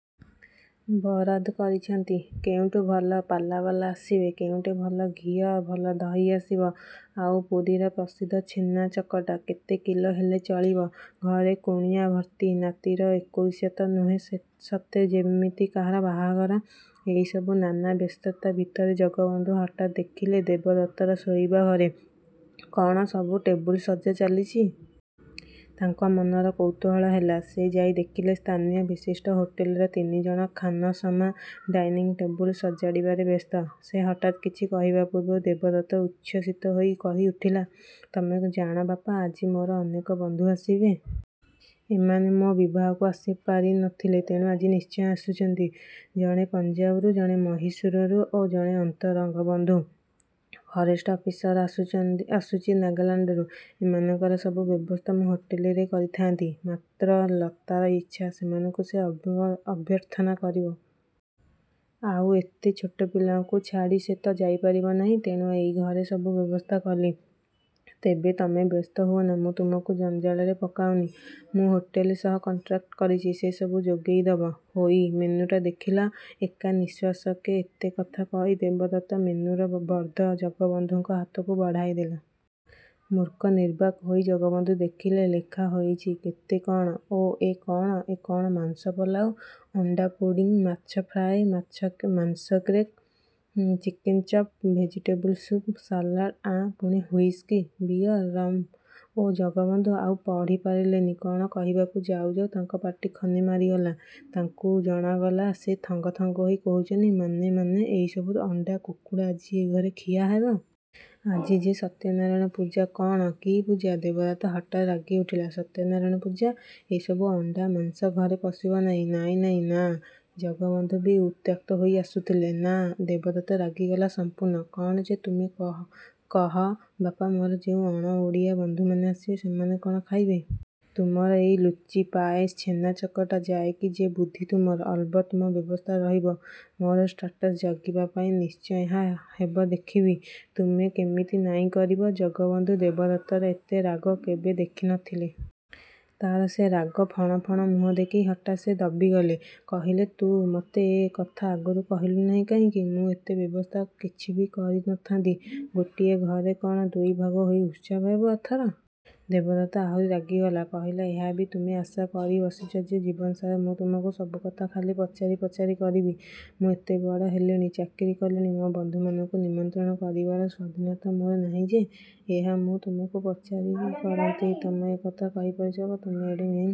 ବରାଦ କରିଚନ୍ତି, କେଉଁଠୁ ଭଲ ପାଲାବାଲା ଆସିବେ, କେଉଁଠୁ ଭଲ ଘିଅ, ଭଲ ଦହି ଆସିବ! ଆଉ ପୁରୀର ପ୍ରସିଦ୍ଧ ଛେନା ଚକଟା, କେତେ କିଲୋ ହେଲେ ଚଳିବ? ଘରେ କୁଣିଆ ଭର୍ତ୍ତି। ନାତିର ଏକୋଇଶା ତ ନୁହେଁ ସତେ ଯେମିତି କା'ର ବାହାଘର। ଏଇସବୁ ନାନା ବ୍ୟସ୍ତତା ଭିତରେ ଜଗବନ୍ଧୁ ହଠାତ୍ ଦେଖିଲେ ଦେବଦତ୍ତର ଶୋଇବା ଘରେ କ'ଣ ସବୁ ଟେବୁଲ ସଜା ଚାଲିଚି। ତାଙ୍କ ମନର କୌତୂହଳ ହେଲା। ସେ ଯାଇ ଦେଖିଲେ ସ୍ଥାନୀୟ ବିଶିଷ୍ଟ ହୋଟେଲର ତିନି ଜଣ ଖାନସମା ଡାଇନିଂ ଟେବୁଲ ସଜାଡ଼ିବାରେ ବ୍ୟସ୍ତ। ସେ ହଠାତ୍ କିଛି କହିବା ପୂର୍ବରୁ ଦେବଦତ୍ତ ଉଚ୍ଛ୍ୱସିତ ହୋଇ କହି ଉଠିଲା, "ତମେ ଜାଣ ବାପା, ଆଜି ମୋର ଅନେକ ବନ୍ଧୁ ଆସିବେ। ଏମାନେ ମୋ' ବିବାହକୁ ଆସିପାରି ନ ଥିଲେ, ତେଣୁ ଆଜି ନିଶ୍ଚୟ ଆସୁଚନ୍ତି। ଜଣେ ପଞ୍ଜାବରୁ, ଜଣେ ମହୀଶୂରରୁ ଓ ଜଣେ ଅନ୍ତରଙ୍ଗ ବନ୍ଧୁ ଫରେଷ୍ଟ ଅଫିସର ଆସୁଛନ୍ତି ଆସୁଚି ନାଗାଲାଣ୍ଡରୁ। ଏମାନଙ୍କର ସବୁ ବ୍ୟବସ୍ଥା ମୁଁ ହୋଟେଲରେ କରିଥାନ୍ତି। ମାତ୍ର ଲତାର ଇଚ୍ଛା, ସେମାନଙ୍କୁ ସେ ଅଭ୍ୟର୍ଥନା କରିବ। ଆଉ ଏତେ ଛୋଟ ପିଲାକୁ ଛାଡ଼ି ସେ ତ ଯାଇ ପାରିବ ନାହିଁ, ତେଣୁ ଏଇ ଘରେ ସବୁ ବ୍ୟବସ୍ଥା କଲି। ତେବେ ତମେ ବ୍ୟସ୍ତ ହୁଅନା, ମୁଁ ତମକୁ ଜଞ୍ଜାଳରେ ପକାଉନି। ମୁଁ ହୋଟେଲ ସହ କଣ୍ଟ୍ରାକ୍ଟ କରିଚି, ସେ ସବୁ ଯୋଗେଇଦବ। ହେଇ, ମେନୁଟା ଦେଖିଲ"ଏକା ନିଃଶ୍ୱାସକେ ଏତେ କଥା କହି ଦେବଦତ୍ତ ମେନୁର ଫର୍ଦ୍ଦ ଜଗବନ୍ଧୁଙ୍କ ହାତକୁ ବଢ଼ାଇଦେଲା। ମୂକ ନିର୍ବାକ୍ ହୋଇ ଜଗବନ୍ଧୁ ଦେଖିଲେ, ଲେଖା ହୋଇଚି କେତେ କ'ଣ ଓଃ ଏ କ'ଣ ଏ କ'ଣ ମାଂସ ପଲାଉ, ଅଣ୍ଡାପୁଡ଼ିଂ, ମାଛ ଫ୍ରାଇ, ମାଛ ମାଂସ cake, chicken chop, vegetable soup, salad, ଆଃ ପୁଣି ହୁଇସ୍କି, ବିଅର, ରମ! ଓଃ ଜଗବନ୍ଧୁ ଆଉ ପଢ଼ି ପାରିଲେନି କଣ କହିବାକୁ ଯାଉ ଯାଉ ତାଙ୍କ ପାଟି ଖନି ମାରିଗଲା ତାଙ୍କୁ ଜଣାଗଲା, ସେ ଥଙ୍ଗଥଙ୍ଗ ହୋଇ କହୁଚନ୍ତି, "ମାନେ ମାନେ ଏଇସବୁ ଅଣ୍ଡା, କୁକୁଡ଼ା ଆଜି ଏ ଘରେ ଖିଆ ହେବ? ଆଜି ଯେ, ସତ୍ୟନାରାୟଣ ପୂଜା" "କଅଣ? କି ପୂଜା?" ଦେବଦତ୍ତ ହଠାତ୍ ରାଗି ଉଠିଲା। "ସତ୍ୟନାରାୟଣ ପୂଜା! ଏସବୁ ଅଣ୍ଡା, ମାଂସ ଘରେ ପଶିବ ନାହିଁ। ନାଇଁ ନାଇଁ ନାଃ।" ଜଗବନ୍ଧୁ ବି ଉତ୍ତ୍ୟକ୍ତ ହୋଇ ଆସୁଥିଲେ। "ନାଃ?" ଦେବଦତ୍ତ ରାଗିଗଲା ସଂପୂର୍ଣ୍ଣ। "କ'ଣ ଯେ ତୁମେ କହ ବାପା ମୋର ଯେଉଁ ଅଣଓଡ଼ିଆ ବନ୍ଧୁ ମାନେ ଆସିବେ, ସେମାନେ କଅଣ ଖାଇବେ? ତୁମର ଏଇ ଲୁଚି, ପାଏସ୍, ଛେନାଚକଟା? ଯା କି ଯେ ବୁଦ୍ଧି ତୁମର! ଅଲବତ୍ ମୋ ବ୍ୟବସ୍ଥା ରହିବ। ମୋର ଷ୍ଟାଟସ ଜଗିବା ପାଇଁ, ନିଶ୍ଚୟ ଏହା ହେବ ଦେଖିବି, ତୁମେ କେମିତି ନାଇଁ କରିବ।" ଜଗବନ୍ଧୁ ଦେବଦତ୍ତର ଏତେ ରାଗ କେବେ ଦେଖି ନ ଥିଲେ। ତାର ସେ ରାଗ ଫଣ ଫଣ ମୁହଁ ଦେଖି ହଠାତ୍ ସେ ଦବିଗଲେ। କହିଲେ, "ତୁ ମତେ ଏ କଥା ଆଗରୁ କହିଲୁ ନାହିଁ କାହିଁକି? ମୁଁ ଏତେ ବ୍ୟବସ୍ଥା କିଛି ବି କରି ନ ଥାନ୍ତି। ଗୋଟିଏ ଘରେ କ'ଣ ଦୁଇ ଭାଗ ହୋଇ ଉତ୍ସବ ହେବ?"ଏଥର ଦେବଦତ୍ତ ଆହୁରି ରାଗିଗଲା କହିଲା, "ଏହା ବି ତୁମେ ଆଶା କରି ବସିଚ ଯେ ଜୀବନ ସାରା ମୁଁ ତୁମକୁ ସବୁକଥା ଖାଲି ପଚାରି ପଚାରି କରିବି? ମୁଁ ଏତେ ବଡ଼ ହେଲିଣି, ଚାକିରୀ କଲିଣି ମୋ ବନ୍ଧୁମାନଙ୍କୁ ନିମନ୍ତ୍ରଣ କରିବାର ସ୍ୱାଧୀନତା ମୋର ନାହିଁ ଯେ, ଏହା ମୁଁ ତୁମକୁ ପଚାରି କରନ୍ତି ତମେ ଏକଥା କହିପାରୁଚ ବାପା? ତୁମେ ଏଡ଼େ ମିନ୍।"